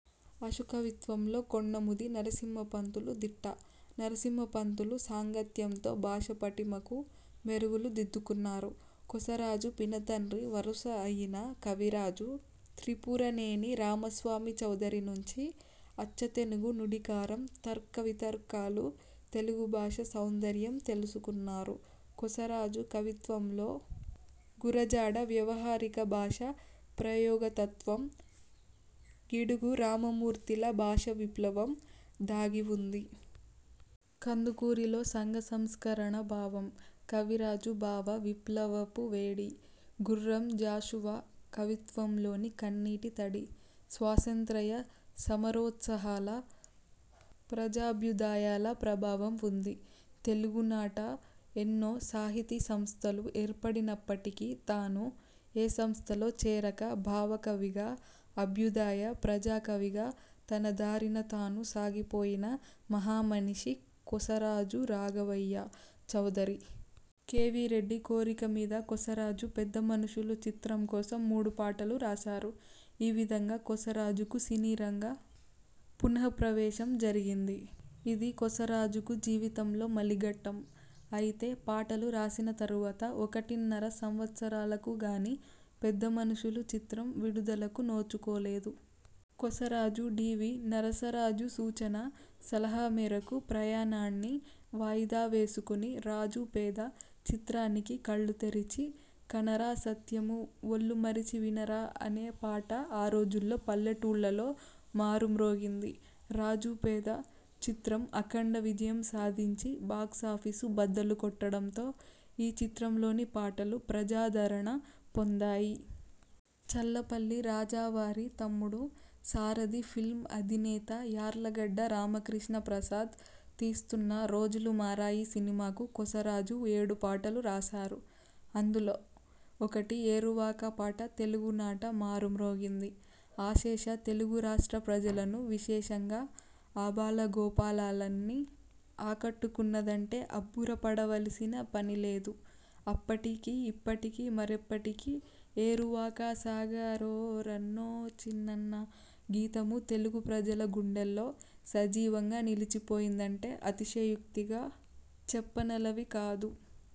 అశుకవిత్వంలో కొండముది నరసింహపంతులు దిట్ట. నరసింహ పంతులు సాంగత్యంతో భాషాపటిమకు మెరుగులు దిద్దుకున్నారు. కొసరాజుకు పినతండ్రి వరుస అయిన కవిరాజు త్రిపురనేని రామస్వామి చౌదరి నుంచి అచ్చతెనుగు నుడికారం తర్క వితర్కాలు, తెలుగు భాషా సౌందర్యం తెలుసుకున్నారు. కొసరాజు కవిత్వంలో గురజాడ వ్యవహారిక భాషా ప్రయోగతత్వం, గిడుగు రామమూర్తిల భాషా విప్లవం దాగి ఉంది. కందుకూరిలోని సంఘ సంస్కరణ భావం, కవిరాజు భావ విప్లవపు వేడి, గుర్రం జాషువా కవిత్వంలోని కన్నీటి తడి, స్వాతంత్య్ర సమరోత్సాహాల, ప్రజాభ్యుదయాల ప్రభావం ఉంది. తెలుగునాట ఎన్నో సాహితీసమస్థలు ఏర్పడినప్పటికీ తాను ఏ సంస్థలో చేరక భావ కవిగా, అభ్యుదయ, ప్రజాకవిగా తన దారిన తాను సాగిపోయిన మహామనీషి కొసరాజు రాఘవయ్య చౌదరి. కెవి రెడ్డి కోరిక మీద కొసరాజు పెద్ద మనుషులు చిత్రం కోసం మూడు పాటలు రాశారు. ఈ విధంగా కొసరాజుకు సినీరంగ పున:ప్రవేశం జరిగింది. ఇది కొసరాజుకు జీవితంలో మలిఘట్టం. అయితే పాటలు రాసిన తరువాత ఒకటిన్నర సంవత్సరాలకు గానీ ''పెద్ద మనుషులు'' చిత్రం విడుదలకు నోచుకోలేదు. కొసరాజు డి. వి. నరసరాజు సూచన, సలహా మేరకు ప్రయాణాన్ని వాయిదా వేసుకుని రాజు–పేద చిత్రానికి కళ్ళుతెరిచి కనరా సత్యము – ఒళ్ళుమరచి వినరా అనే పాట ఆ రోజుల్లో పల్లెటూళ్లలో మారుమ్రోగింది. ''రాజుపేద'' చిత్రం అఖండ విజయం సాధించి బాక్సాఫీసు బద్దలు కొట్టడంతో ఈ చిత్రంలోని పాటలూ ప్రజాదరణ పొందాయి. చల్లపల్లి రాజావారి తమ్ముడు, సారధి ఫిల్మ్ అధినేత యార్లగడ్డ రామకృష్ణ ప్రసాద్ తీస్తున్న ''రోజులు మారాయి'' సినిమాకు కొసరాజు ఏడు పాటలు రాశారు. అందులో ఒకటి ఏరువాక పాట తెలుగునాట మారుమ్రోగింది. అశేష తెలుగు రాష్ట్ర ప్రజలను విశేషంగా ఆబాలగోపాలాన్ని ఆకట్టుకున్నదంటే అబ్బురపడవలసిన పనిలేదు. అప్పటికీ ఇప్పటికీ మరెప్పటికీ ''ఏరువాక సాగారో రన్నో చిన్నన్నా '' గీతము తెలుగు ప్రజల గుండెల్లో సజీవంగా నిలచిపోయిందంటే అతిశయోక్తిగా చెప్పనలవికాదు.